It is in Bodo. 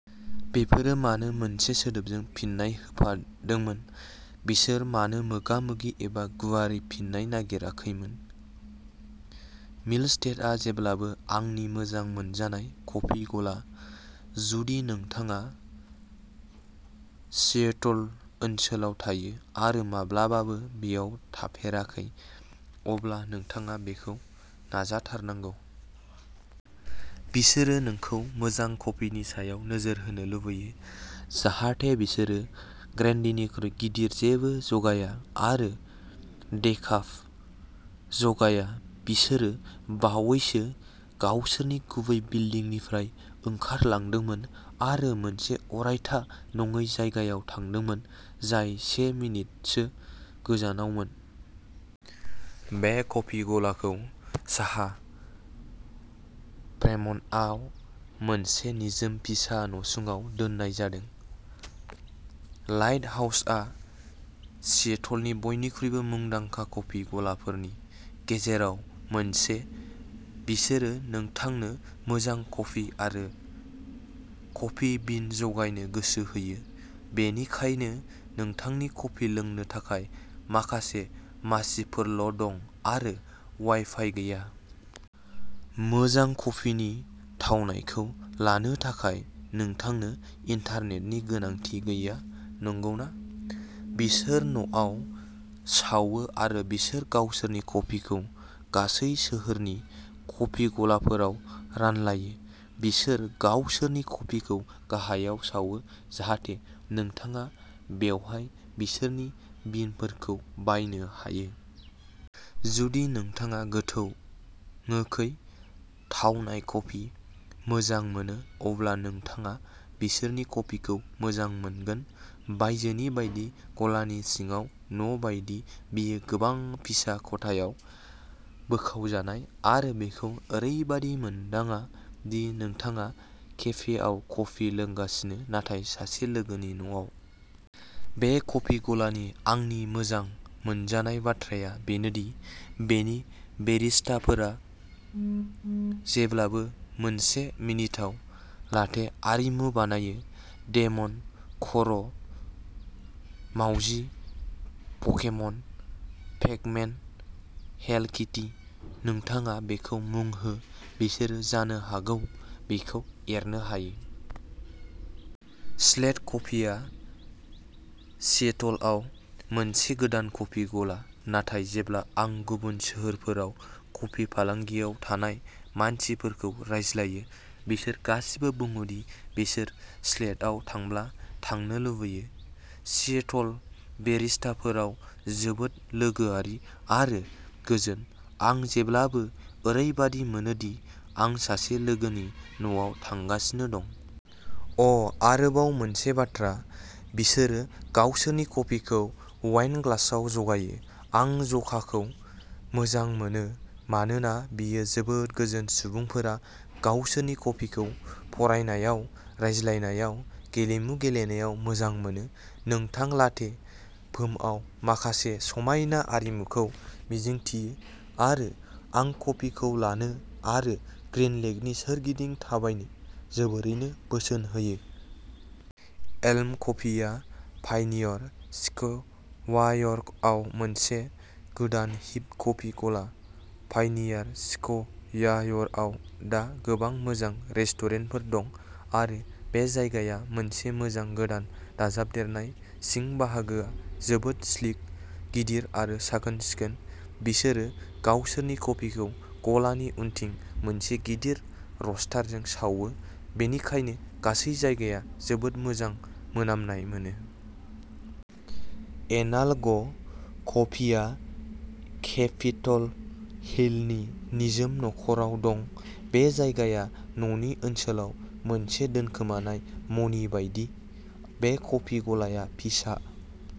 बेफोरो मानो मोनसे सोदोबजों फिननाय होफादोंमोन? बिसोर मानो मोगा-मोगि एबा गुवारै फिन्नाय नागिराखैमोन? मिल्स्टेडआ जेब्लाबो आंनि मोजां मोनजानाय कफि गला। जुदि नोंथाङा सिएटल ओनसोलाव थायो आरो माब्लाबाबो बेयाव थाफेराखै, अब्ला नोंथाङा बेखौ नाजाथारनांगौ! बिसोरो नोंखौ मोजां कफिनि सायाव नोजोर होनो लुबैयो जाहाथे बिसोरो ग्रेन्डेनिख्रुइ गिदिर जेबो जगाया आरो डेकाफ जगाया। बिसोरो बावैसो गावसोरनि गुबै बिल्दिंनिफ्राय ओंखारलांदोंमोन आरो मोनसे अरायथा नङि जायगायाव थादोंमोन, जाय से मिनिटसो गोजानावमोन। बे कफि गलाखौ साहा फ्रेमन्टआव मोनसे निजोम फिसा नसुङाव दोननाय जादों। लाइटहाउसआ सिएटलनि बयनिख्रुइबो मुंदांखा कफि गलाफोरनि गेजेराव मोनसे। बिसोरो नोंथांनो मोजां कफि आरो कफि बिन जगायनो गोसो होयो, बेनिखायनो नोंथांनि कफि लोंनो थाखाय माखासे मासिफोरल'दं आरो वाइफाइ गैया। मोजां कफिनि थावनायखौ लानो थाखाय नोंथांनो इन्टारनेटनि गोनांथि गैया, नंगौना? बिसोर न'आव सावो आरो बिसोर गावसोरनि कफिखौ गासै सोहोरनि कफि गलाफोराव रानलायो। बिसोर गावसोरनि कफिखौ गाहायाव सावो जाहाथे नोंथाङा बेवहाय बिसोरनि बिनफोरखौ बायनो हायो। जुदि नोंथाङा गोथौनोखै थावनाय कफि मोजां मोनो, अब्ला नोंथाङा बिसोरनि कफिखौ मोजां मोनगोन। बायजोनि बायदि, गलानि सिंआ न'बायदि। बेयो गोबां फिसा खथायाव बोखावजानाय आरो बेखौ ओरैबायदि मोनदाङा दि नोंथाङा केफेआव कफि लोंगासिनो, नाथाय सासे लोगोनि न'आव। बे कफि गलानि आंनि मोजां मोनजानाय बाथ्राया बेनो दि बेनि बेरिस्टाफोरा जेब्लाबो मोनसे मिनिथाव लाटे आरिमु बानायोः डेमन, खर', मावजि, पकेमन, पेक-मेन, हेल'किटि-- नोंथाङा बेखौ मुं हो, बिसोरो जानो हागौ बेखौ एरनो हायो। स्लेट कफिआ सिएटलआव मोनसे गोदान कफि गला, नाथाय जेब्ला आं गुबुन सोहोरफोराव कफि फालांगियाव थानाय मानसिफोरजों रायज्लायो, बिसोर गासिबो बुङो दि बिसोर स्लेटआव थांब्ला थांनो लुबैयो। सिएटल। बेरिस्टाफोरा जोबोद लोगोआरि आरो गोजोन। आं जेब्लाबो ओरैबादि मोनो दि आं सासे लोगोनि न'आव थांगासिनो दं। अ'आरोबाव मोनसे बाथ्रा, बिसोरो गावसोरनि कफिखौ वाइन ग्लासआव जगायो! आं ज'काखौ मोजां मोनो मानोना बेयो जोबोद गोजोन! सुबुंफोरा गावसोरनि कफिखौ फरायनायाव, रायज्लायनायाव, गेलेमु गेलेनायाव मोजां मोनो। नोंथांनि लाटे फोमआव माखासे समायना आरिमुखौ मिजिंथियो, आरो आं कफिखौ लानो आरो ग्रीन लेकनि सोरगिदिं थाबायनो जोबोरैनो बोसोन होयो। एल्म कफिआ पाय'नियार स्क्वायरआव मोनसे गोदान हिप कफि गला। पाय'नियार स्क्वायरआव दा गोबां मोजां रेस्टुरेन्टफोर दं आरो बे जायगाया मोनसे मोजां गोदान दाजाबदेरनाय। सिं बाहागोआ जोबोद स्लिक, गिदिर आरो साखोन-सिखोन। बिसोरो गावसोरनि कफिखौ गलानि उनथिं मोनसे गिदिर र'स्टारजों सावो, बेनिखायनो गासै जायगाया जोबोद मोजां मोनामनाय मोनो। एनाल'ग कफिआ केपिटल हिलनि निजोम न'खरआव दं। बे जायगाया न'नि ओनसोलाव मोनसे दोनखोमानाय मणि बायदि। बे कफि गलाआ फिसा।